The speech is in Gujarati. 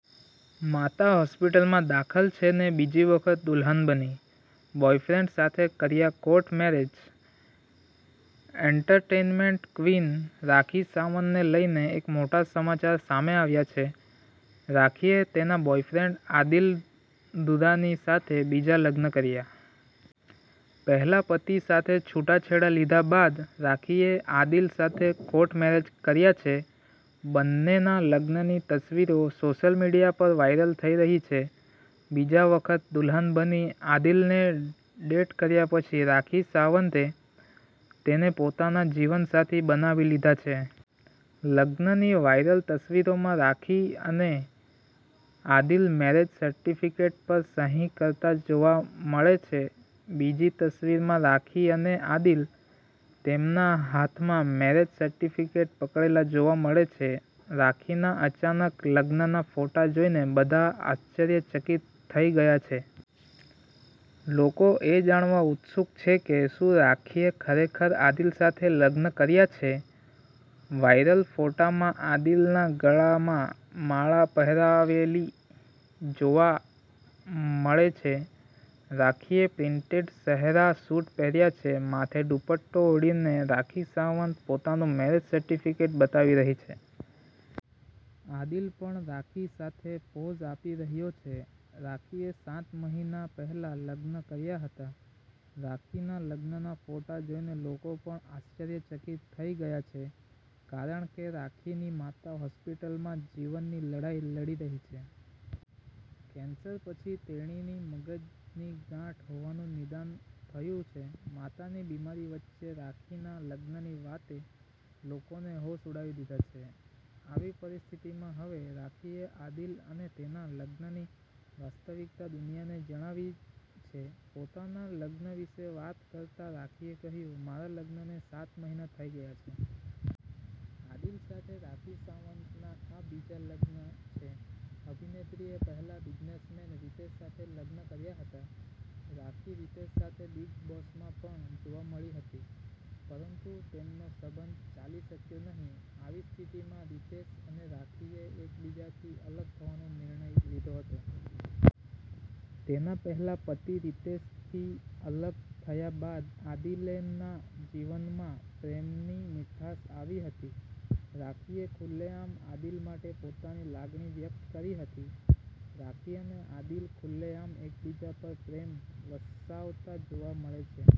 માતા હોસ્પિટલમાં દાખલ છે ને બીજી વખત દુલ્હન બની, બોયફ્રેન્ડ સાથે કર્યા court marriage .entertainment queen Rakhi Sawant ને લઈને એક મોટા સમાચાર સામે આવ્યા છે. રાખીએ તેના બોયફ્રેન્ડ આદિલ દુર્રા ની સાથે બીજા લગ્ન કર્યા છે. પહેલા પતિ સાથે છૂટાછેડા લીધા બાદ રાખીએ આદિલ સાથે કોર્ટ મેરેજ કર્યા છે. બંનેના લગ્નની તસવીરો સોશિયલ મીડિયા પર વાયરલ થઈ રહી છે. બીજી વખત દુલ્હન બની આદિલને ડેટ કર્યા પછી રાખી સાવંતે તેને પોતાનો જીવનસાથી બનાવી લીધો છે. લગ્નની વાયરલ તસવીરોમાં રાખી અને આદિલ મેરેજ સર્ટિફિકેટ પર સહી કરતા જોવા મળે છે. બીજી તસવીરમાં રાખી અને આદિલ તેમના હાથમાં મેરેજ સર્ટિફિકેટ પકડેલા જોવા મળે છે. રાખીના અચાનક લગ્નના ફોટા જોઈને બધા આશ્ચર્યચકિત થઈ ગયા છે. લોકો એ જાણવા ઉત્સુક છે કે શું રાખીએ ખરેખર આદિલ સાથે લગ્ન કર્યા છે? વાયરલ ફોટોમાં આદિલના ગળામાં માળા પહેરેલી જોવા મળે છે. રાખીએ પ્રિન્ટેડ શરારા સૂટ પહેર્યો છે. માથે દુપટ્ટો ઓઢીને રાખી સાવંત પોતાનું મેરેજ સર્ટિફિકેટ બતાવી રહી છે. આદિલ પણ રાખી સાથે પોઝ આપી રહ્યો છે. રાખીએ સાત મહિના પહેલા લગ્ન કર્યા હતા રાખીના લગ્નના ફોટા જોઈને લોકો પણ આશ્ચર્યચકિત થઈ ગયા છે કારણ કે રાખીની માતા હોસ્પિટલમાં જીવનની લડાઈ લડી રહી છે. કેન્સર પછી તેણીને મગજની ગાંઠ હોવાનું નિદાન થયું છે. માતાની બિમારી વચ્ચે રાખીના લગ્નની વાતે લોકોના હોશ ઉડાવી દીધા છે. આવી સ્થિતિમાં હવે રાખીએ આદિલ અને તેના લગ્નની વાસ્તવિકતા દુનિયાને જણાવી છે. પોતાના લગ્ન વિશે વાત કરતા રાખીએ કહ્યું,'મારા લગ્નને સાત મહિના થઈ ગયા છે. આદિલ સાથે રાખી સાવંતના આ બીજા લગ્ન છે. અભિનેત્રીએ પહેલા બિઝનેસમેન રિતેશ સાથે લગ્ન કર્યા હતા. રાખી રિતેશ સાથે બિગ બોસમાં પણ જોવા મળી હતી, પરંતુ તેમનો સંબંધ ચાલી શક્યો નહીં. આવી સ્થિતિમાં રિતેશ અને રાખીએ એકબીજાથી અલગ થવાનો નિર્ણય લીધો હતો. તેના પહેલા પતિ રિતેશથી અલગ થયા બાદ આદિલે ના જીવનમાં પ્રેમની મીઠાશ આવી હતી. રાખીએ ખુલ્લેઆમ આદિલ માટે પોતાની લાગણી વ્યક્ત કરી હતી. રાખી અને આદિલ ખુલ્લેઆમ એકબીજા પર પ્રેમ વરસાવતા જોવા મળે છે.